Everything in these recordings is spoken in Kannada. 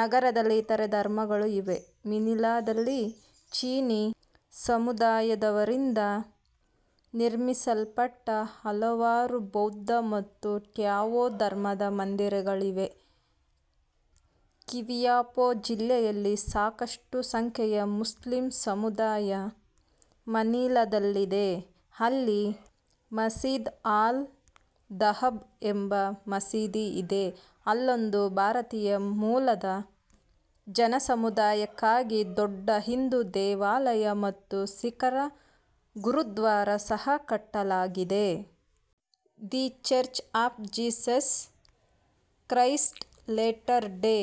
ನಗರದಲ್ಲಿ ಇತರೆ ಧರ್ಮಗಳೂ ಇವೆ. ಮನಿಲಾದಲ್ಲಿ ಚೀನಿ ಸಮುದಾಯದವರಿಂದ ನಿರ್ಮಿಸಲ್ಪಟ್ಟ ಹಲವಾರುಬೌದ್ಧ ಮತ್ತು ಟಾವೋ ಧರ್ಮದ ಮಂದಿರಗಳಿವೆ. ಕ್ವಿಯಾಪೊ ಜಿಲ್ಲೆಯಲ್ಲಿ ಸಾಕಷ್ಟು ಸಂಖ್ಯೆಯ ಮುಸ್ಲಿಂ ಸಮುದಾಯ ಮನಿಲಾದಲ್ಲಿದೆ, ಅಲ್ಲಿ ಮಸ್ಜಿದ್ ಅಲ್-ದಹಬ್ ಎಂಬ ಮಸೀದಿ ಇದೆ. ಅಲ್ಲೊಂದು ಭಾರತೀಯ ಮೂಲದ ಜನಸಮುದಾಯಕ್ಕಾಗಿ ದೊಡ್ಡ ಹಿಂದು ದೇವಾಲಯ ಮತ್ತು ಸಿಖ್ಖರ ಗುರುದ್ವಾರ ಸಹ ಕಟ್ಟಲಾಗಿದೆ. The Church of Jesus Christ Latter Day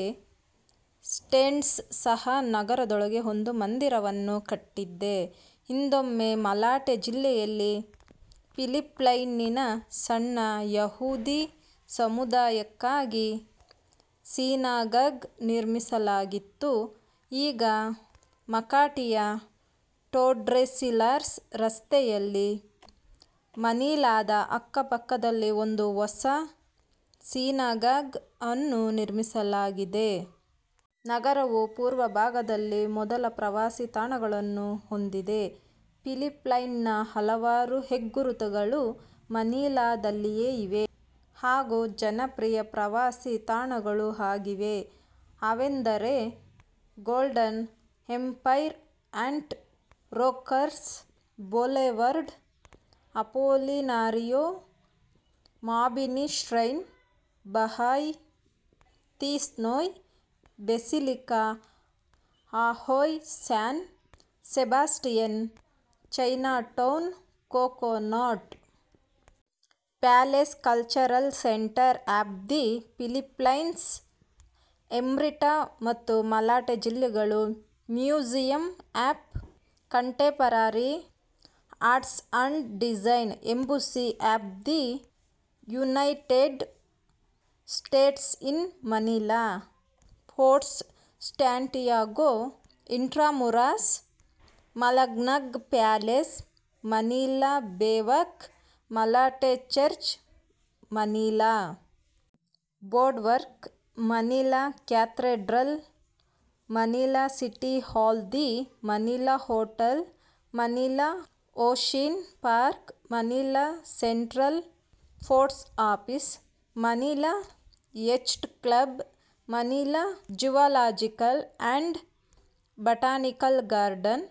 Saints ಸಹ ನಗರದೊಳಗೆ ಒಂದು ಮಂದಿರವನ್ನು ಕಟ್ಟಿದೆ. ಹಿಂದೊಮ್ಮೆ ಮಲಾಟೆ ಜಿಲ್ಲೆಯಲ್ಲಿ ಫಿಲಿಪ್ಪೈನಿನ ಸಣ್ಣ ಯಹೂದಿ ಸಮುದಾಯಕ್ಕಾಗಿ ಸೀನಗಾಗ್ ನಿರ್ಮಿಸಲಾಗಿತ್ತು. ಈಗ ಮಕಾಟಿಯ ಟೋರ್ಡೆಸಿಲಾಸ್ ರಸ್ತೆಯಲ್ಲಿ, ಮನಿಲಾದ ಅಕ್ಕಪಕ್ಕದಲ್ಲಿ ಒಂದು ಹೊಸ ಸಿನಗಾಗ್ ಅನ್ನು ನಿರ್ಮಿಸಲಾಗಿದೆ. ನಗರವು ಪೂರ್ವಭಾಗದಲ್ಲಿ ಮೊದಲ ಪ್ರವಾಸಿ ತಾಣಗಳನ್ನು ಹೊಂದಿದೆ. ಫಿಲಿಪೈನ್ಸ್ನ ಹಲವಾರು ಹೆಗ್ಗುರುತುಗಳು ಮನಿಲಾದಲ್ಲಿಯೇ ಇವೆ, ಹಾಗೂ ಜನಪ್ರಿಯ ಪ್ರವಾಸೀ ತಾಣಗಳೂ ಆಗಿವೆ. ಅವೆಂದರೆ golden empire at Roxas boulevard, Apolinario Mabini shrine, Bahay Tsinoy, basilica of San Sebastian, Chinatown, coconut palace, cultural centre of the Philippines, Ermita ಮತ್ತು ಮಲಾಟೆ ಜಿಲ್ಲೆಗಳು, museum of contemporary arts and design, embassy of the United States in Manila, Fort Santiago, Intramuros, Malacanang palace, Manila Baywalk, Malate church, Manila boardwalk, Manila Cathedral, Manila City Hall, the Manila hotel, Manila ocean park, Manila central post Office, Manila yacht club, Manila zoological and botanical garden,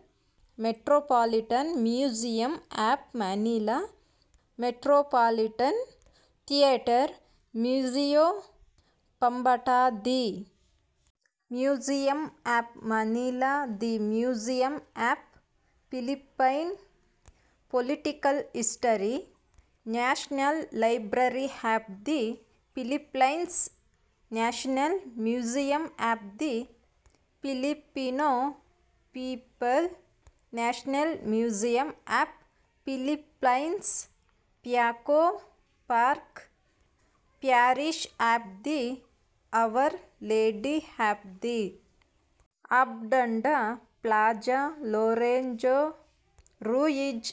metropolitan museum of Manila, Metropolitan Theater, Museo Pambata, the museum of Manila, the museum of Philippine political history, national library of the Philippines, national museum of the Filipino people, national museum of Philippines, Paco park, parish of the hour lady of the abandoned, plaza Lorenzo Ruiz,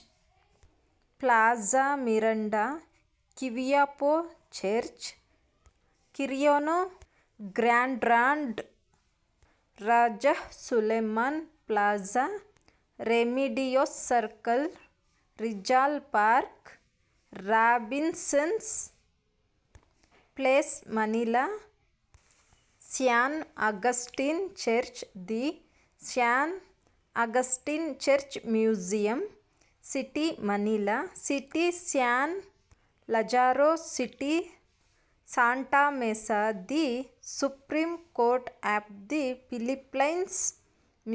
plaza Miranda, Quiapo church, Quirino grandstand, Rajah Sulayman plaza, Remedios circle, Rizal park, Robinsons place Manila, San Agustin church, the San Agustin church museum, city Manila, city San Lazaro, city Santa Mesa, the supreme court of the Philippines,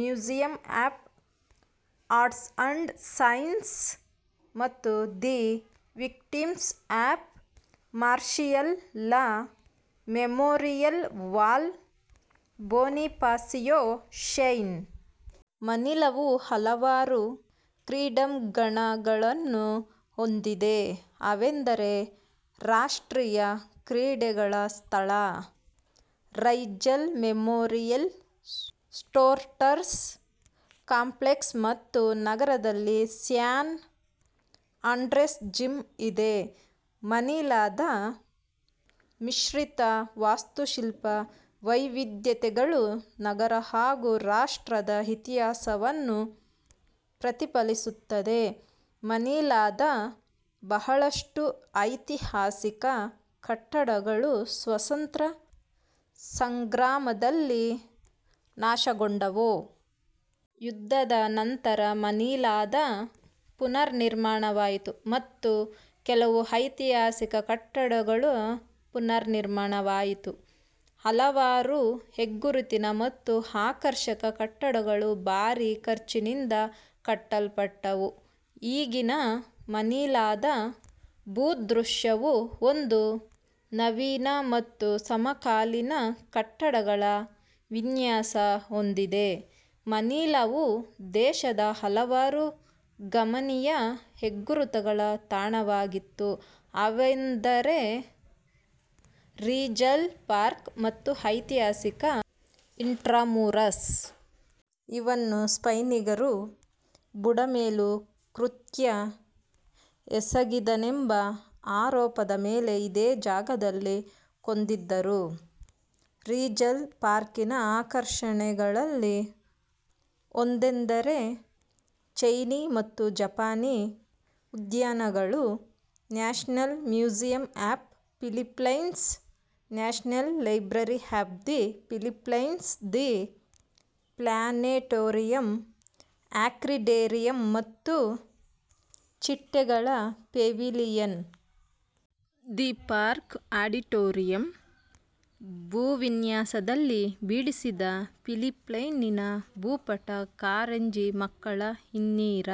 museum of arts and sciences ಮತ್ತು the victims of martial law memorial wall Bonifacio shrine. ಮನಿಲಾವು ಹಲವಾರು ಕ್ರೀಡಾಂಗಣಗಳನ್ನೂ ಹೊಂದಿದೆ ಅವೆಂದರೆ ರಾಷ್ಟ್ರೀಯಾ ಕ್ರೀಡೆಗಳ ಸ್ಥಳ ರೈಜಲ್ ಮೆಮೊರಿಯಲ್ ಸ್ಪೋರ್ಟ್ಸ್ ಕಾಂಪ್ಲೆಕ್ಸ್ ಮತ್ತು ನಗರದಲ್ಲಿ ಸ್ಯಾನ್ ಆಂಡ್ರೆಸ್ ಜಿಮ್ ಇದೆ. ಮನಿಲಾದ ಮಿಶ್ರಿತ ವಾಸ್ತುಶಿಲ್ಪ ವೈವಿದ್ಯತೆಗಳು ನಗರ ಹಾಗೂ ರಾಷ್ಟ್ರದ ಇತಿಹಾಸವನ್ನು ಪ್ರತಿಫಲಿಸುತ್ತದೆ. ಮನಿಲಾದ ಬಹಳಷ್ಟು ಐತಿಹಾಸಿಕ ಕಟ್ಟಡಗಳು ಸ್ವತಂತ್ರ ಸಂಗ್ರಾಮದಲ್ಲಿ ನಾಶಗೊಂಡವು. ಯುದ್ಧದ ನಂತರ ಮನಿಲಾದ ಪುನರ್ನಿರ್ಮಾಣವಾಯಿತು ಮತ್ತು ಕೆಲವು ಐತಿಹಾಸಿಕ ಕಟ್ಟಡಗಳ ಪುನರ್ನಿರ್ಮಾಣವಾಯಿತು. ಹಲವಾರು ಹೆಗ್ಗುರುತಿನ ಮತ್ತು ಆಕರ್ಷಕ ಕಟ್ಟಡಗಳು ಭಾರಿ ಖರ್ಚಿನಿಂದ ಕಟ್ಟಲ್ಪಟ್ಟವು. ಈಗಿನ ಮನಿಲಾದ ಭೂದೃಶ್ಯವು ಒಂದು ನವೀನ ಮತ್ತು ಸಮಕಾಲೀನ ಕಟ್ಟಡಗಳ ವಿನ್ಯಾಸ ಹೊಂದಿದೆ. ಮನಿಲಾವು ದೇಶದ ಹಲವಾರು ಗಮನೀಯ ಹೆಗ್ಗುರುತುಗಳ ತಾಣವಾಗಿತ್ತು, ಅವೆಂದರೆ ರಿಜಾಲ್ ಪಾರ್ಕ್, ಮತ್ತು ಐತಿಹಾಸಿಕ ಇಂಟ್ರಾಮುರಸ್. ಇವನನ್ನು ಸ್ಪೈನಿಗರು ಬುಡಮೇಲು ಕೃತ್ಯ ಎಸಗಿದನೆಂಬ ಆರೋಪದ ಮೇಲೆ ಇದೇ ಜಾಗದಲ್ಲಿ ಕೊಂದಿದ್ದರು. ರಿಜಾಲ್ ಪಾರ್ಕಿನ ಆಕರ್ಷಣೆಗಳಲ್ಲಿ ಒಂದೆಂದರೆ ಚೈನೀ ಮತ್ತು ಜಪಾನೀ ಉದ್ಯಾನಗಳು, national museum of Philippines, national library of the Philippines, the planetarium, orchidarium ಮತ್ತು ಚಿಟ್ಟೆಗಳ ಪೆವಿಲಿಯನ್, ದಿ ಪಾರ್ಕ್ ಆಡಿಟೋರಿಯಂ, ಭೂವಿನ್ಯಾಸದಲ್ಲಿ ಬಿಡಿಸಿದ ಫಿಲಿಪೈನಿನ ಭೂಪಟ, ಕಾರಂಜಿ ಮಕ್ಕಳ ಹಿನ್ನೀರ